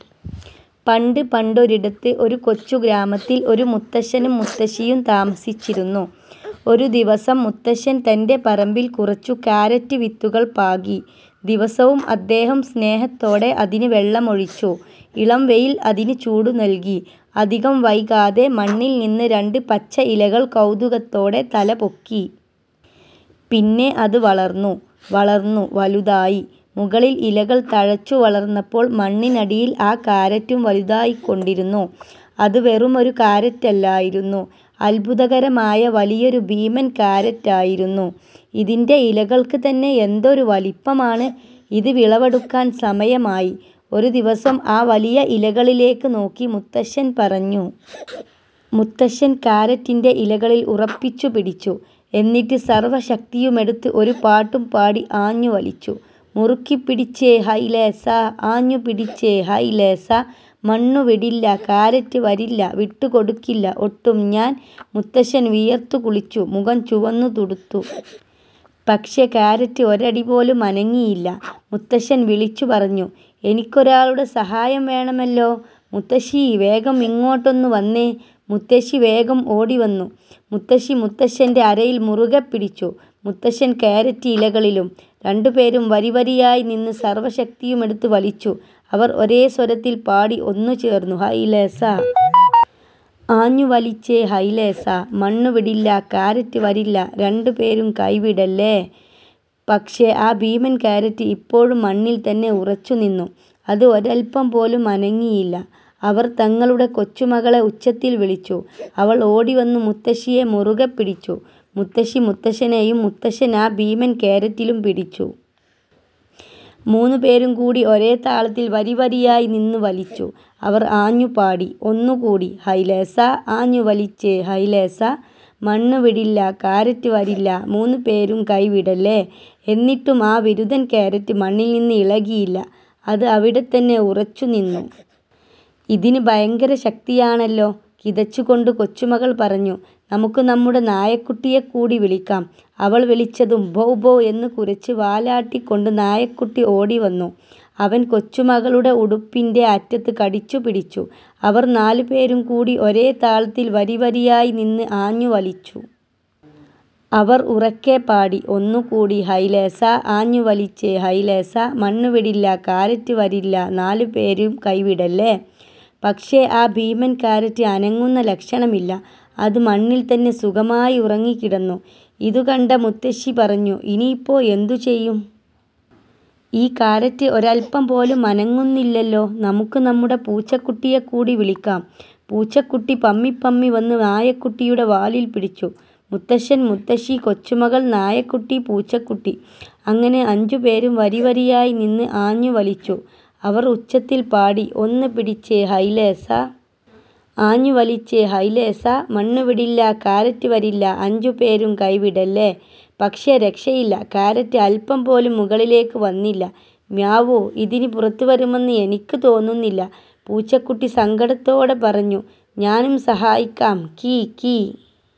പണ്ട് പണ്ടൊരിടത്ത്, ഒരു കൊച്ചു ഗ്രാമത്തിൽ ഒരു മുത്തശ്ശനും മുത്തശ്ശിയും താമസിച്ചിരുന്നു. ഒരുദിവസം, മുത്തശ്ശൻ തന്റെ പറമ്പിൽ കുറച്ചു കാരറ്റ് വിത്തുകൾ പാകി. ദിവസവും അദ്ദേഹം സ്നേഹത്തോടെ അതിന് വെള്ളമൊഴിച്ചു. ഇളം വെയിൽ അതിന് ചൂടുനൽകി. അധികം വൈകാതെ, മണ്ണിൽ നിന്ന് രണ്ട് പച്ച ഇലകൾ കൗതുകത്തോടെ തലപൊക്കി. പിന്നെ അത് വളർന്നു… വളർന്നു… വലുതായി! മുകളിൽ ഇലകൾ തഴച്ചു വളർന്നപ്പോൾ, മണ്ണിനടിയിൽ ആ കാരറ്റും വലുതായിക്കൊണ്ടിരുന്നു. അത് വെറുമൊരു കാരറ്റല്ലായിരുന്നു, അത്ഭുതകരമായ വലിയൊരു ഭീമൻ കാരറ്റായിരുന്നു! "ഇതിന്റെ ഇലകൾക്ക് തന്നെ എന്തൊരു വലിപ്പമാണ്! ഇത് വിളവെടുക്കാൻ സമയമായി. " ഒരു ദിവസം ആ വലിയ ഇലകളിലേക്ക് നോക്കി മുത്തശ്ശൻ പറഞ്ഞു. മുത്തശ്ശൻ കാരറ്റിന്റെ ഇലകളിൽ ഉറപ്പിച്ചു പിടിച്ചു. എന്നിട്ട് സർവ്വ ശക്തിയുമെടുത്ത് ഒരു പാട്ടും പാടി ആഞ്ഞു വലിച്ചു. മുറുക്കി പിടിച്ചേ… ഹൈലേസാ! ആഞ്ഞു വലിച്ചേ… ഹൈലേസാ! മണ്ണു വിടില്ല, കാരറ്റ് വരില്ല, വിട്ടു കൊടുക്കില്ല ഒട്ടും ഞാൻ! മുത്തശ്ശൻ വിയർത്തു കുളിച്ചു, മുഖം ചുവന്നു തുടുത്തു. പക്ഷേ കാരറ്റ് ഒരടി പോലും അനങ്ങിയില്ല! മുത്തശ്ശൻ വിളിച്ചു പറഞ്ഞു, "എനിക്കൊരാളുടെ സഹായം വേണമല്ലോ! മുത്തശ്ശീ… വേഗം ഇങ്ങോട്ടൊന്നു വന്നേ! " മുത്തശ്ശി വേഗം ഓടിവന്നു. മുത്തശ്ശി മുത്തശ്ശന്റെ അരയിൽ മുറുകെപ്പിടിച്ചു, മുത്തശ്ശൻ കാരറ്റ് ഇലകളിലും. രണ്ടുപേരും വരിവരിയായി നിന്ന് സർവ്വ ശക്തിയുമെടുത്ത് വലിച്ചു. അവർ ഒരേ സ്വരത്തിൽ പാടി: ഒന്നു ചേർന്നു… ഹൈലേസാ! ആഞ്ഞു വലിച്ചേ… ഹൈലേസാ! മണ്ണു വിടില്ല, കാരറ്റ് വരില്ല, രണ്ടുപേരും കൈ വിടല്ലേ! " പക്ഷേ, ആ ഭീമൻ കാരറ്റ് ഇപ്പോഴും മണ്ണിൽ തന്നെ ഉറച്ചുനിന്നു. അത് ഒരല്പം പോലും അനങ്ങിയില്ല. അവർ തങ്ങളുടെ കൊച്ചുമകളെ ഉച്ചത്തിൽ വിളിച്ചു. അവൾ ഓടിവന്നു മുത്തശ്ശിയെ മുറുകെപ്പിടിച്ചു. മുത്തശ്ശി മുത്തശ്ശനെയും, മുത്തശ്ശൻ ആ ഭീമൻ കാരറ്റിലും പിടിച്ചു. മൂന്നുപേരും കൂടി ഒരേ താളത്തിൽ വരിവരിയായി നിന്ന് വലിച്ചു! അവർ ആഞ്ഞു പാടി: ഒന്നുകൂടി… ഹൈലേസാ! ആഞ്ഞു വലിച്ചേ… ഹൈലേസാ! മണ്ണു വിടില്ല, കാരറ്റ് വരില്ല, മൂന്നുപേരും കൈ വിടല്ലേ! " എന്നിട്ടും ആ വിരുതൻ കാരറ്റ് മണ്ണിൽ നിന്ന് ഇളകിയില്ല. അത് അവിടെ തന്നെ ഉറച്ചുനിന്നു. "ഇതിന് ഭയങ്കര ശക്തിയാണല്ലോ! " കിതച്ചുകൊണ്ട് കൊച്ചുമകൾ പറഞ്ഞു. "നമുക്ക് നമ്മുടെ നായക്കുട്ടിയെ കൂടി വിളിക്കാം. " അവൾ വിളിച്ചതും, "ഭൗ ഭൗ" എന്ന് കുരച്ച് വാലാട്ടിക്കൊണ്ട് നായക്കുട്ടി ഓടിവന്നു. അവൻ കൊച്ചുമകളുടെ ഉടുപ്പിന്റെ അറ്റത്ത് കടിച്ചുപിടിച്ചു. അവർ നാലുപേരും കൂടി ഒരേ താളത്തിൽ വരിവരിയായി നിന്ന് ആഞ്ഞു വലിച്ചു. അവർ ഉറക്കെ പാടി: ഒന്നുകൂടി… ഹൈലേസാ! ആഞ്ഞു വലിച്ചേ… ഹൈലേസാ! മണ്ണു വിടില്ല, കാരറ്റ് വരില്ല, നാലുപേരും കൈ വിടല്ലേ! " പക്ഷേ, ആ ഭീമൻ കാരറ്റ് അനങ്ങുന്ന ലക്ഷണമില്ല! അത് മണ്ണിൽ തന്നെ സുഖമായി ഉറങ്ങിക്കിടന്നു. ഇതുകണ്ട മുത്തശ്ശി പറഞ്ഞു "ഇനിയിപ്പോ എന്ത് ചെയ്യും? ഈ കാരറ്റ് ഒരല്പം പോലും അനങ്ങുന്നില്ലല്ലോ! നമുക്ക് നമ്മുടെ പൂച്ചക്കുട്ടിയെ കൂടി വിളിക്കാം. " പൂച്ചക്കുട്ടി പമ്മിപ്പമ്മി വന്ന് നായക്കുട്ടിയുടെ വാലിൽ പിടിച്ചു. മുത്തശ്ശൻ, മുത്തശ്ശി, കൊച്ചുമകൾ, നായക്കുട്ടി, പൂച്ചക്കുട്ടി അങ്ങനെ അഞ്ചുപേരും വരിവരിയായി നിന്ന് ആഞ്ഞു വലിച്ചു. അവർ ഉച്ചത്തിൽ പാടി ഒന്ന് പിടിച്ചേ… ഹൈലേസാ! ആഞ്ഞു വലിച്ചേ… ഹൈലേസാ! മണ്ണു വിടില്ല, കാരറ്റ് വരില്ല, അഞ്ചുപേരും കൈ വിടല്ലേ! " പക്ഷേ രക്ഷയില്ല! കാരറ്റ് അല്പം പോലും മുകളിലേക്ക് വന്നില്ല. "മ്യാവൂ… ഇതിനി പുറത്തുവരുമെന്ന് എനിക്ക് തോന്നുന്നില്ല," പൂച്ചക്കുട്ടി സങ്കടത്തോടെ പറഞ്ഞു ഞാനും സഹായിക്കാം! കീ… കീ…!